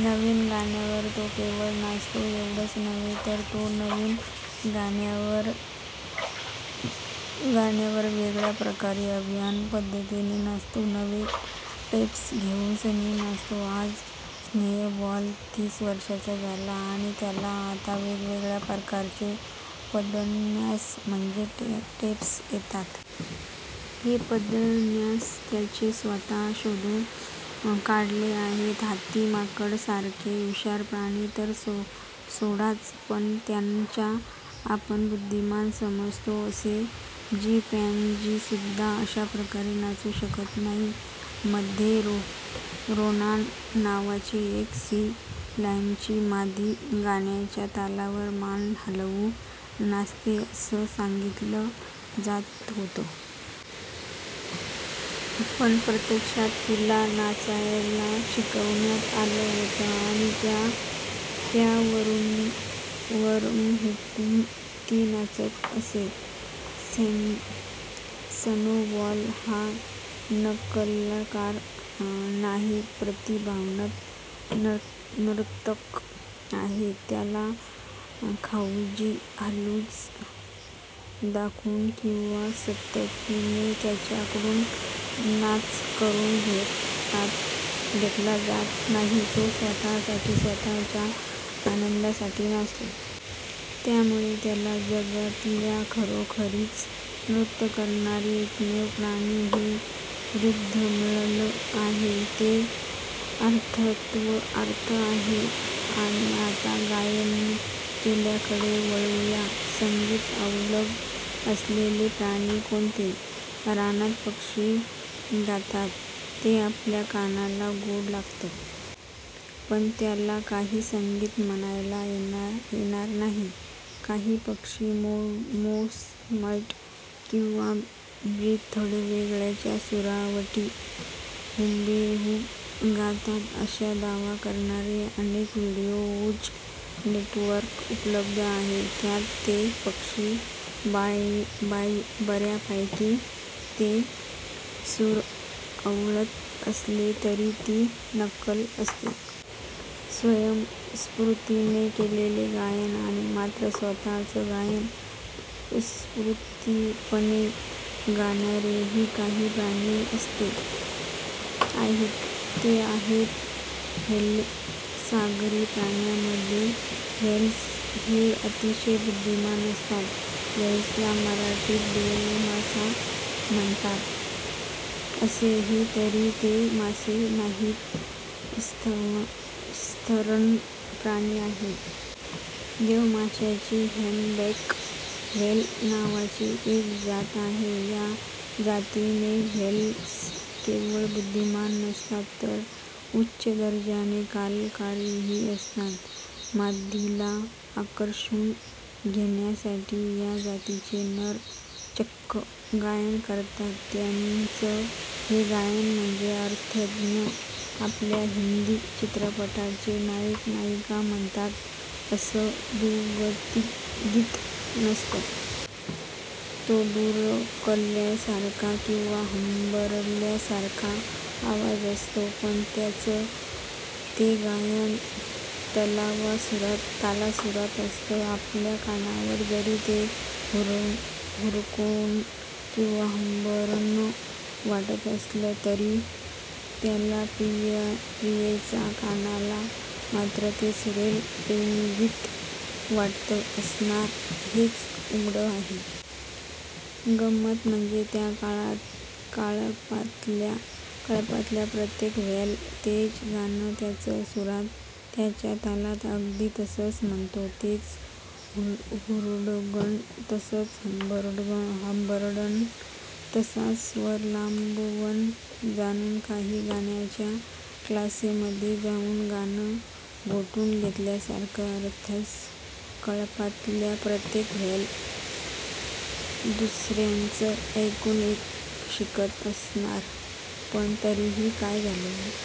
नवीन गाण्यावर तो केवळ नाचतो एवढंच नव्हे, तर तो नवीन गाण्यांवर वेगळ्या प्रकारे, अभिनव पद्धतीने नाचतो. नव्या स्टेप्स घेऊन नाचतो. आज स्नोबॉल तेवीस वर्षांचा आहे आणि त्याला आता वेगवेगळ्या प्रकारचे पदन्यास म्हणजे स्टेप्स येतात. हे पदन्यास त्याने स्वतः शोधून काढले आहेत. हत्ती, माकड यासारखे हुशार प्राणी तर सोडाच, पण ज्यांना आपण बुद्धिमान समजतो असे चिपॅन्झीसुद्धा अशा प्रकारे नाचू शकत नाहीत. मध्ये 'रोनान' नावाची एक सी लायनची मादी गाण्याच्या तालावर मान हलवून 'नाचते' असं सांगितलं जात होतं. पण प्रत्यक्षात तिला नाचायला शिकवण्यात आलं होतं आणि त्याबरहुकूम ती नाचत असे. स्नोबॉल हा नकलाकार नाही, प्रतिभावंत नर्तक आहे. त्याला खाऊची लालूच दाखवून किंवा सक्तीने त्याच्याकडून नाच करून घेतला जात नाही. तो स्वतःसाठी, स्वतःच्या आनंदासाठी नाचतो. त्यामुळे त्याला 'जगातला खरोखरीच नृत्य करणारा एकमेव प्राणी' हे बिरुद मिळालं आहे. ते अर्थातच सार्थ आहे. आणि आता गायनकलेकडे वळूया. संगीत अवगत असलेले प्राणी कोणते? रानात पक्षी गातात. ते आपल्या कानाला गोड लागतं. पण त्याला काही संगीत म्हणता येणार नाही. काही पक्षी मोझार्ट किंवा बीथोवेनच्या सुरावटी हुबेहूब गातात, असा दावा करणारे अनेक व्हिडिओज नेटवर उपलब्ध आहेत. त्यात ते पक्षी बर्यापैकी ते सूर आळवत असले तरी ती नक्कल असते. स्वयंस्फूर्तीने केलेले गायन नाही. मात्र स्वतःचं गाणं उत्स्फूर्तपणे गाणारेही काही प्राणी आहेत. ते आहेत व्हेल्स. सागरी प्राण्यामध्ये व्हेल्स हे अतिशय बुद्धिमान असतात. व्हेलला मराठीत देवमासा म्हणत असले तरी ते मासे नाहीत, सस्तन प्राणी आहेत. देवमाशांची हम्पबॅक व्हेल नावाची एक जात आहे. या जातीचे व्हेल्स केवळ बुद्धिमान नसतात, तर उच्च दर्जाचे कलाकारही असतात. मादीला आकर्षून घेण्यासाठी या जातीचे नर चक्क गायन करतात. त्यांचं हे गायन म्हणजे अर्थातच आपल्या हिन्दी चित्रपटातले नायक-नायिका म्हणतात तसं द्वंदगीत नसतं. तो डुरकल्यासारखा किंवा हंबरल्यासारखा आवाज असतो. पण त्यांचं ते गायन तालासुरात असतं. आपल्या कानाला जरी ते डुरकणं किंवा हंबरणं वाटत असलं तरी त्याच्या प्रियेच्या कानाला मात्र ते सुरेल प्रेमगीत वाटत असणार हे उघड आहे. गंमत म्हणजे त्या कळपातला प्रत्येक व्हेल तेच गाणं, त्याच सुरांत, त्याच तालात, अगदी तस्संच म्हणतो. तेच डुरकणं, तसंच हंबरणं, तसाच स्वर लांबवणं. जणू काही गाण्याच्या क्लासमध्ये जाऊन गाणं घोटून घेतल्यासारखं! अर्थातच कळपातला प्रत्येक व्हेल दुसर्याचं ऐकून शिकत असणार. पण तरी काय झालं?